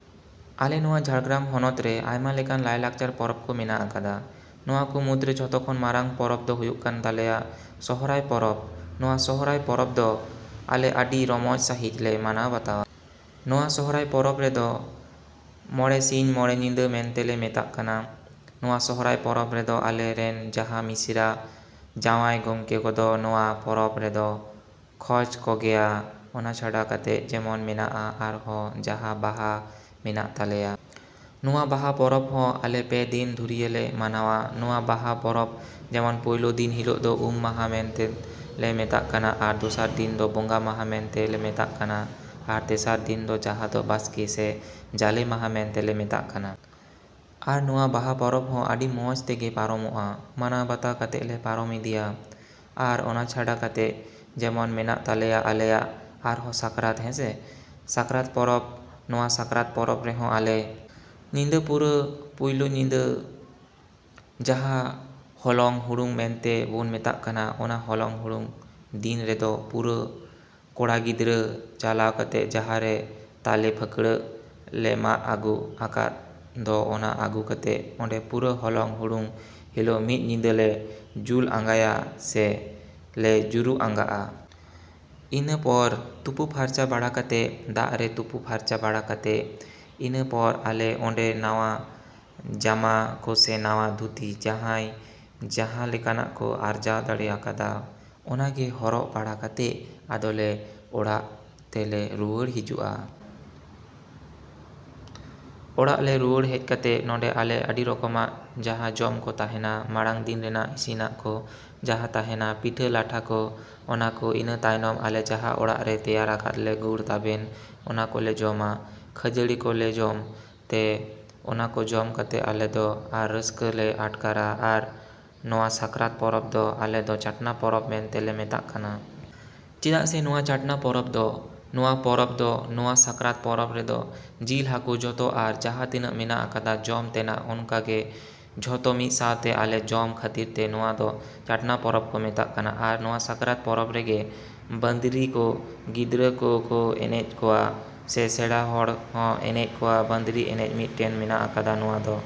ᱟᱞᱮ ᱱᱚᱣᱟ ᱡᱷᱟᱲᱜᱨᱟᱢ ᱦᱚᱱᱚᱛ ᱨᱮ ᱟᱭᱢᱟ ᱞᱮᱠᱟᱱ ᱞᱟᱭᱞᱟᱠᱪᱟᱨ ᱯᱚᱨᱚᱵᱽ ᱠᱚ ᱢᱮᱱᱟᱜ ᱟᱠᱟᱫᱟ᱾ ᱱᱚᱣᱟ ᱠᱚ ᱢᱩᱫᱽᱨᱮ ᱡᱚᱛᱚ ᱠᱷᱚᱱ ᱢᱟᱨᱟᱝ ᱯᱚᱨᱚᱵᱽ ᱫᱚ ᱦᱩᱭᱩᱜ ᱠᱟᱱ ᱛᱟᱞᱮᱭᱟ ᱥᱚᱦᱨᱟᱭ ᱯᱚᱨᱚᱵᱽ᱾ ᱱᱚᱣᱟ ᱥᱚᱦᱨᱟᱭ ᱯᱚᱨᱚᱵᱽ ᱫᱚ ᱟᱞᱮ ᱟᱹᱰᱤ ᱨᱚᱢᱚᱡᱽ ᱥᱟᱺᱦᱤᱡ ᱞᱮ ᱢᱟᱱᱟᱣ ᱵᱟᱛᱟᱣᱟ᱾ ᱱᱚᱣᱟ ᱥᱚᱦᱨᱟᱭ ᱯᱚᱨᱚᱵᱽ ᱨᱮᱫᱚ ᱢᱚᱬᱮ ᱥᱤᱧ ᱢᱚᱬᱮ ᱧᱤᱫᱟᱹ ᱢᱮᱱᱛᱮ ᱞᱮ ᱢᱮᱛᱟᱜ ᱠᱟᱱᱟ᱾ ᱱᱚᱣᱟ ᱥᱚᱦᱨᱟᱭ ᱯᱚᱨᱚᱵᱽ ᱨᱮᱫᱚ ᱟᱞᱮ ᱨᱮᱱ ᱡᱟᱦᱟᱸ ᱢᱤᱥᱨᱟᱹ ᱡᱟᱶᱟᱭ ᱜᱚᱢᱠᱮ ᱠᱚᱫᱚ ᱱᱚᱣᱟ ᱯᱚᱨᱚᱵᱽ ᱨᱮᱫᱚ ᱠᱷᱚᱡᱽ ᱠᱚᱜᱮᱭᱟ᱾ ᱚᱱᱟ ᱪᱷᱟᱰᱟ ᱠᱟᱛᱮᱫ ᱡᱮᱢᱚᱱ ᱢᱮᱱᱟᱜ-ᱟ ᱟᱨᱦᱚᱸ ᱡᱟᱦᱟᱸ ᱵᱟᱦᱟ ᱢᱮᱱᱟᱜ ᱛᱟᱞᱮᱭᱟ᱾ ᱱᱚᱣᱟ ᱵᱟᱦᱟ ᱯᱚᱨᱚᱵᱽ ᱦᱚᱸ ᱟᱞᱮ ᱯᱮ ᱫᱤᱱ ᱫᱷᱩᱨᱭᱟᱹ ᱞᱮ ᱢᱟᱱᱟᱣᱟ᱾ ᱱᱚᱣᱟ ᱵᱟᱦᱟ ᱯᱚᱨᱚᱵᱽ ᱡᱮᱢᱚᱱ ᱯᱩᱭᱞᱩ ᱫᱤᱱ ᱦᱤᱞᱚᱜ ᱫᱚ ᱩᱢ ᱢᱟᱦᱟ ᱢᱮᱱᱛᱮᱫ ᱞᱮ ᱢᱮᱛᱟᱜ ᱠᱟᱱᱟ᱾ ᱟᱨ ᱫᱚᱥᱟᱨ ᱫᱤᱱ ᱫᱚ ᱵᱚᱸᱜᱟ ᱢᱟᱦᱟ ᱢᱮᱱᱛᱮ ᱞᱮ ᱢᱮᱛᱟᱜ ᱠᱟᱱᱟ ᱟᱨ ᱛᱮᱥᱟᱨ ᱫᱤᱱ ᱫᱚ ᱡᱟᱦᱟᱸ ᱫᱚ ᱵᱟᱥᱠᱮ ᱥᱮ ᱡᱟᱞᱮ ᱢᱟᱦᱟ ᱢᱮᱱᱛᱮ ᱞᱮ ᱢᱮᱛᱟᱜ ᱠᱟᱱᱟ᱾ ᱟᱨ ᱱᱚᱣᱟ ᱵᱟᱦᱟ ᱯᱚᱨᱚᱵᱽ ᱦᱚᱸ ᱟᱹᱰᱤ ᱢᱚᱡᱽ ᱛᱮᱜᱮ ᱯᱟᱨᱚᱢᱚᱜ-ᱟ, ᱢᱟᱱᱟᱣ ᱵᱟᱛᱟᱣ ᱠᱟᱛᱮᱫ ᱞᱮ ᱯᱟᱨᱚᱢ ᱤᱫᱤᱭᱟ᱾ ᱟᱨ ᱚᱱᱟ ᱪᱷᱟᱰᱟ ᱠᱟᱛᱮᱫ ᱡᱮᱢᱚᱱ ᱢᱮᱱᱟᱜ ᱛᱟᱞᱮᱭᱟ ᱟᱞᱮᱭᱟᱜ ᱟᱨᱦᱚᱸ ᱥᱟᱠᱨᱟᱛ ᱦᱮᱸᱥᱮ᱾ ᱥᱟᱠᱨᱟᱛ ᱯᱚᱨᱚᱵᱽ ᱱᱚᱣᱟ ᱥᱟᱠᱨᱟᱛ ᱯᱚᱨᱚᱵᱽ ᱨᱮᱦᱚᱸ ᱟᱞᱮ ᱧᱤᱫᱟᱹ ᱯᱩᱨᱟᱹ ᱯᱩᱭᱞᱩ ᱧᱤᱫᱟᱹ ᱡᱟᱦᱟᱸ ᱦᱚᱞᱚᱝ ᱦᱩᱲᱩᱝ ᱢᱮᱱᱛᱮ ᱵᱚᱱ ᱢᱮᱛᱟᱜ ᱠᱟᱱᱟ ᱚᱱᱟ ᱦᱚᱞᱚᱝ ᱦᱩᱲᱩᱝ ᱫᱤᱱ ᱨᱮᱫᱚ ᱯᱩᱨᱟᱹ ᱠᱚᱲᱟ ᱜᱤᱫᱽᱨᱟᱹ ᱪᱟᱞᱟᱣ ᱠᱟᱛᱮᱫ ᱡᱟᱦᱟᱸ ᱨᱮ ᱛᱟᱞᱮ ᱯᱷᱟᱹᱠᱲᱟᱹᱜ ᱞᱮ ᱢᱟᱜ ᱟᱹᱜᱩ ᱟᱠᱟᱫ ᱫᱚ ᱚᱱᱟ ᱟᱹᱜᱩ ᱠᱟᱛᱮᱫ ᱚᱸᱰᱮ ᱯᱩᱨᱟᱹ ᱦᱚᱞᱚᱝ ᱦᱩᱲᱩᱝ ᱦᱤᱞᱚᱜ ᱢᱤᱫ ᱧᱤᱫᱟᱹ ᱞᱮ ᱡᱩᱞ ᱟᱸᱜᱟᱭᱟ ᱥᱮ ᱞᱮ ᱡᱩᱨᱩᱜ ᱟᱸᱜᱟᱜ-ᱟ᱾ ᱤᱱᱟᱹ ᱯᱚᱨ ᱛᱩᱯᱩ ᱯᱷᱟᱨᱪᱟ ᱵᱟᱲᱟ ᱠᱟᱛᱮᱫ ᱫᱟᱜ ᱨᱮ ᱛᱩᱯᱩ ᱯᱷᱟᱨᱪᱟ ᱵᱟᱲᱟ ᱠᱟᱛᱮᱫ ᱤᱱᱟᱹ ᱯᱚᱨ ᱟᱞᱮ ᱚᱸᱰᱮ ᱱᱟᱣᱟ ᱡᱟᱢᱟ ᱠᱚ ᱥᱮ ᱱᱟᱣᱟ ᱫᱷᱩᱛᱤ ᱡᱟᱦᱟᱸᱭ ᱡᱟᱦᱟᱸ ᱞᱮᱠᱟᱱᱟᱜ ᱠᱚ ᱟᱨᱡᱟᱣ ᱫᱟᱲᱮ ᱟᱠᱟᱫᱟ ᱚᱱᱟ ᱜᱮ ᱦᱚᱨᱚᱜ ᱵᱟᱲᱟ ᱠᱟᱛᱮᱫ ᱟᱫᱚ ᱞᱮ ᱚᱲᱟᱜ ᱛᱮ ᱞᱮ ᱨᱩᱣᱟᱹᱲ ᱦᱤᱡᱩᱜ-ᱟ᱾ ᱚᱲᱟᱜ ᱞᱮ ᱨᱩᱣᱟᱹᱲ ᱦᱮᱡ ᱠᱟᱛᱮᱫ ᱱᱚᱰᱮ ᱟᱞᱮ ᱟᱹᱰᱤ ᱨᱚᱠᱚᱢᱟᱜ ᱡᱟᱦᱟᱸ ᱡᱚᱢ ᱠᱚ ᱛᱟᱦᱮᱸᱱᱟ ᱢᱟᱲᱟᱝ ᱫᱤᱱ ᱨᱮᱱᱟᱜ ᱤᱥᱤᱱᱟᱜ ᱠᱚ ᱡᱟᱦᱟᱸ ᱛᱟᱦᱮᱸᱱᱟ ᱯᱤᱴᱷᱟᱹ ᱞᱟᱴᱷᱟ ᱠᱚ ᱚᱱᱟ ᱠᱚ ᱤᱱᱟᱹ ᱛᱟᱭᱱᱚᱢ ᱟᱞᱮ ᱡᱟᱦᱟᱸ ᱚᱲᱟᱜ ᱨᱮ ᱛᱮᱭᱟᱨ ᱟᱠᱟᱫ ᱞᱮ ᱜᱩᱲ ᱛᱟᱵᱮᱱ ᱚᱱᱟ ᱠᱚ ᱞᱮ ᱡᱚᱢᱟ ᱠᱷᱟᱹᱡᱟᱹᱲᱤ ᱠᱚ ᱞᱮ ᱡᱚᱢ ᱛᱮ ᱚᱱᱟ ᱠᱚ ᱡᱚᱢ ᱠᱟᱛᱮᱫ ᱟᱞᱮ ᱫᱚ ᱟᱨ ᱨᱟᱹᱥᱠᱟᱹ ᱞᱮ ᱟᱴᱠᱟᱨᱟ ᱟᱨ ᱱᱚᱣᱟ ᱥᱟᱠᱨᱟᱛ ᱯᱚᱨᱚᱵᱽ ᱫᱚ ᱟᱞᱮ ᱫᱚ ᱪᱟᱴᱱᱟ ᱯᱚᱨᱚᱵᱽ ᱢᱮᱱᱛᱮ ᱞᱮ ᱢᱮᱛᱟᱜ ᱠᱟᱱᱟ᱾ ᱪᱮᱫᱟᱜ ᱥᱮ ᱱᱚᱣᱟ ᱪᱟᱴᱱᱟ ᱯᱚᱨᱚᱵᱽ ᱫᱚ ᱱᱚᱣᱟ ᱯᱚᱨᱚᱵᱽ ᱫᱚ ᱱᱚᱣᱟ ᱥᱟᱠᱨᱟᱛ ᱯᱚᱨᱚᱵᱽ ᱨᱮᱫᱚ ᱡᱤᱞ ᱦᱟᱹᱠᱩ ᱡᱚᱛᱚ ᱟᱨ ᱡᱟᱦᱟᱸ ᱛᱤᱱᱟᱹᱜ ᱢᱮᱱᱟᱜ ᱟᱠᱟᱫᱟ ᱡᱚᱢ ᱛᱮᱱᱟᱜ ᱚᱱᱠᱟ ᱜᱮ ᱡᱚᱛᱚ ᱢᱤᱫ ᱥᱟᱶᱛᱮ ᱟᱞᱮ ᱡᱚᱢ ᱠᱷᱟᱹᱛᱤᱨ ᱛᱮ ᱱᱚᱣᱟ ᱫᱚ ᱪᱟᱴᱱᱟ ᱯᱚᱨᱚᱵᱽ ᱠᱚ ᱢᱮᱛᱟᱜ ᱠᱟᱱᱟ ᱟᱨ ᱱᱚᱣᱟ ᱥᱟᱠᱨᱟᱛ ᱯᱚᱨᱚᱵᱽ ᱨᱮᱜᱮ ᱵᱟᱸᱫᱽᱨᱤ ᱠᱚ ᱜᱤᱫᱽᱨᱟᱹ ᱠᱚ ᱠᱚ ᱮᱱᱮᱡ ᱠᱚᱣᱟ ᱥᱮ ᱥᱮᱬᱟ ᱦᱚᱲ ᱦᱚᱸ ᱮᱱᱮᱡ ᱠᱚᱣᱟ ᱵᱟᱸᱫᱽᱨᱤ ᱮᱱᱮᱡ ᱢᱤᱫᱴᱮᱱ ᱢᱮᱱᱟᱜ ᱟᱠᱟᱫᱟ ᱱᱚᱣᱟ ᱫᱚ᱾